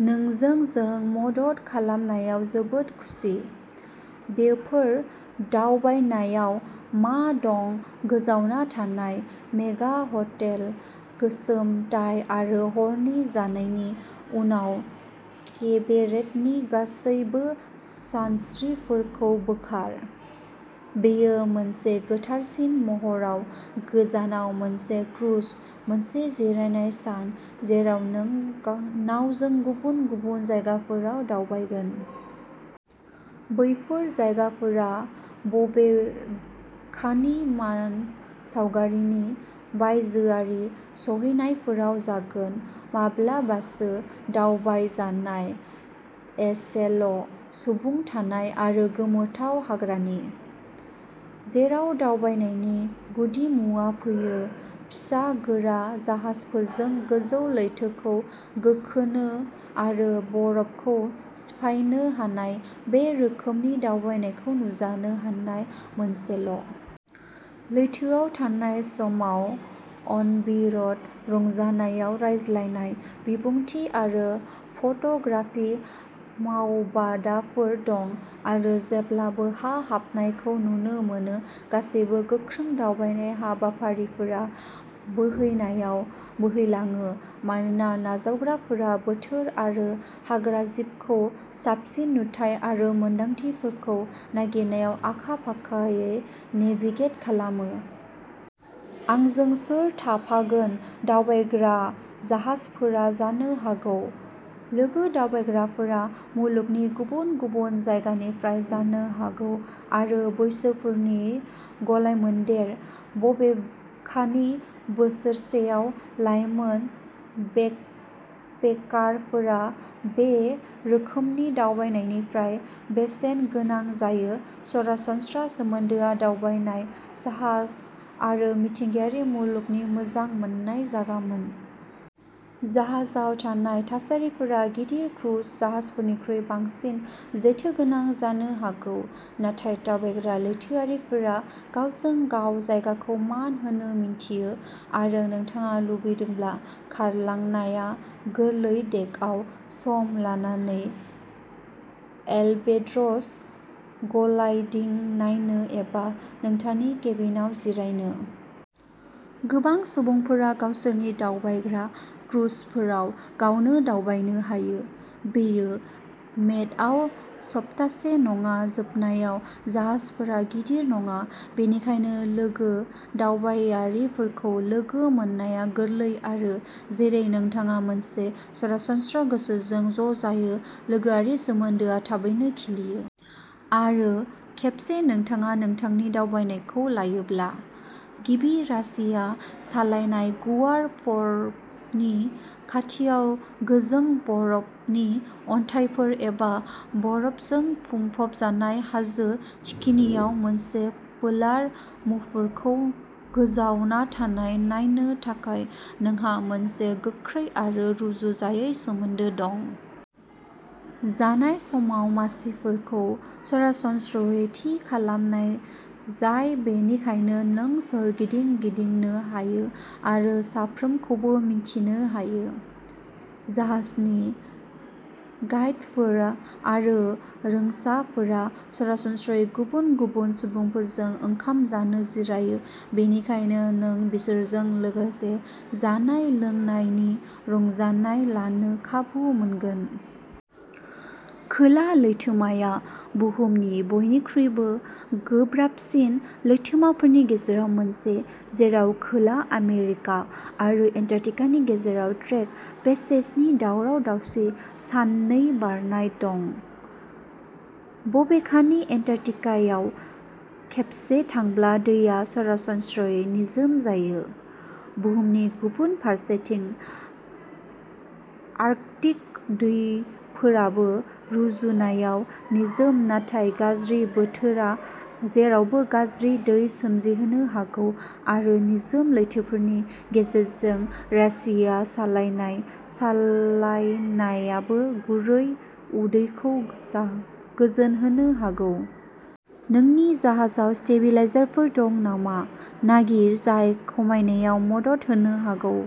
नोंजों जों मदद खालामनायाव जोबोद खुसि। बेफोर दावबायनायाव मा दं गोजावना थानाय मेगा हटेल गोसोम टाइ आरो हरनि जानायनि उनाव केबरेटनि गासैबो सानस्रिफोरखौ बोखार। बेयो मोनसे गोथारसिन महराव गोजावनाय मोनसे क्रुज मोनसे जिरायनाय सान जेराव नों नावजों गुबुन गुबुन जायगाफोराव दावबायगोन। बैफोर जायगाफोरा बबेखानि मानसावगारिनि बायजोआरि सौहैनायफोराव जागोन माब्लाबासो दावबायजानाय एसेल'सुबुं थानाय आरो गोमोथावै हाग्रानि। जेराव दावबायनायनि गुदिमुवा फैयो फिसा गोरा जाहाजफोरजों गोजौ लैथोखौ गाखोनो आरो बरफखौ सिफायनो हानाय बे रोखोमनि दावबायनायखौ नाजानो हानाय मोनसेल'। लैथोआव थानाय समाव अनबोर्ड रंजानायाव रायज्लायनाय बिबुंथि आरो फट'ग्राफि मावबादाफोर दं आरो जेब्ला हा हाबनायखौ नुनो मोनो गासैबो गोख्रों दावबायनाय हाबाफारिफोरा बोहैनायाव बोहैलाङो मानोना नावजावग्राफोरा बोथोर आरो हाग्राजिबखौ साबसिन नुथाय आरो मोनदांथिफोरखौ नागिरनायाव आखा फाखायै नेभिगेट खालामो। आंजों सोर थाफागोन दावबायग्रा जाहाजफोरा जानो हागौ। लोगो दावबायग्राफोरा मुलुगनि गुबुन गुबुन जायगानिफ्राय जानो हागौ आरो बैसोफोरनि गलायमोन्देर बबेखानि बोसोरसेआव लाइमोन बेकपेकारफोरा बे रोखोमनि दावबायनायनिफ्राय बेसेन गोनां जायो सरासनस्रा सोमोन्दोआ दावबायनाय साहस आरो मिथिंगायारि मुलुगनि मोजां मोननाय जागोन। जाहाजाव थानाय थासारिफोरा गिदिर क्रुज जाहाजफोरनिख्रुइ बांसिन जेथोगोनां जानो हागौ नाथाय दावबायग्रा लैथोआरिफोरा गावजों गाव जायगाखौ मान होनो मिन्थियो आरो नोंथाङा लुबैदोंब्ला खारलांनाया गोरलै डेकआव सम लानानै एलबेट्रस ग्लाइडिं नायनो एबा नोंथांनि केबिनआव जिरायनो। गोबां सुबुंफोरा गावसोरनि दावबायग्रा क्रुजफोराव गावनो दावबायनो हायो। बेयो मेडआव सप्तासे नङा जोबनायाव जाहाजफोरा गिदिर नङा बेनिखायनो लोगो दावबायारिफोरखौ लोगो मोननाया गोरलै आरो जेरै नोंथाङा मोनसे सरासनस्रा गोसोजों ज'जायो लोगोआरि सोमोन्दोआ थाबैनो खिलियो। आरो खेबसे नोंथाङा नोंथांनि दावबायनायखौ लायोब्ला। गिबि रासिया सालायनाय गुवार बरफनि खाथियाव गोजों बरफनि अन्थाइफोर एबा बरफजों बुंफबनाय हाजो थिखिनियाव मोनसे पोलार मुफुरखौ गोजावना थानाय नायनो थाखाय नोंहा मोनसे गोख्रै आरो रुजुजायै सोमोन्दो दं। जानाय समाव मासिफोरखौ सरासनस्रायै थि खालामनाय जाया बेनिखायनो नों सोरगिदिं गिदिंनो हायो आरो साफ्रोमखौबो मिन्थिनो हायो। जाहाजनि गाइडफोर आरो रोंग'साफोरा सरासनस्रायै गुबुन गुबुन सुबुंफोरजों ओंखाम जानो जिरायो बेनिखायनो नों बिसोरजों लोगोसे जानाय लोंनायनि रंजानाय लानो खाबु मोनगोन। खोला लैथोमाया बुहुमनि बयनिख्रुइबो गोब्राबसिन लैथोमाफोरनि गेजेराव मोनसे जेराव खोला आमेरिका आरो एन्टार्कटिकानि गेजेराव ड्रेक पेसेजनि दावराव दावसि साननै बारनाय दं। बबेखानि एन्टार्कटिकायाव खेबसे थांब्ला दैया सरासनस्रायै निजोम जायो। बुहुमनि गुबुन फारसेथिं आर्कटिक दैफोराबो रुजुनायाव निजोम नाथाय गाज्रि बोथोरा जेरावबो गाज्रि दै सोमजिहोनो हागौ आरो निजोम लैथोफोरनि गेजेरजों रासिया सालायनाय सालायनायाबो गुरै उदैखौ गोजोनहोनो हागौ। नोंनि जाहाजाव स्टेबिलाइजारफोर दं नामा नागिर जाय खमायनायाव मदद होनो हागौ।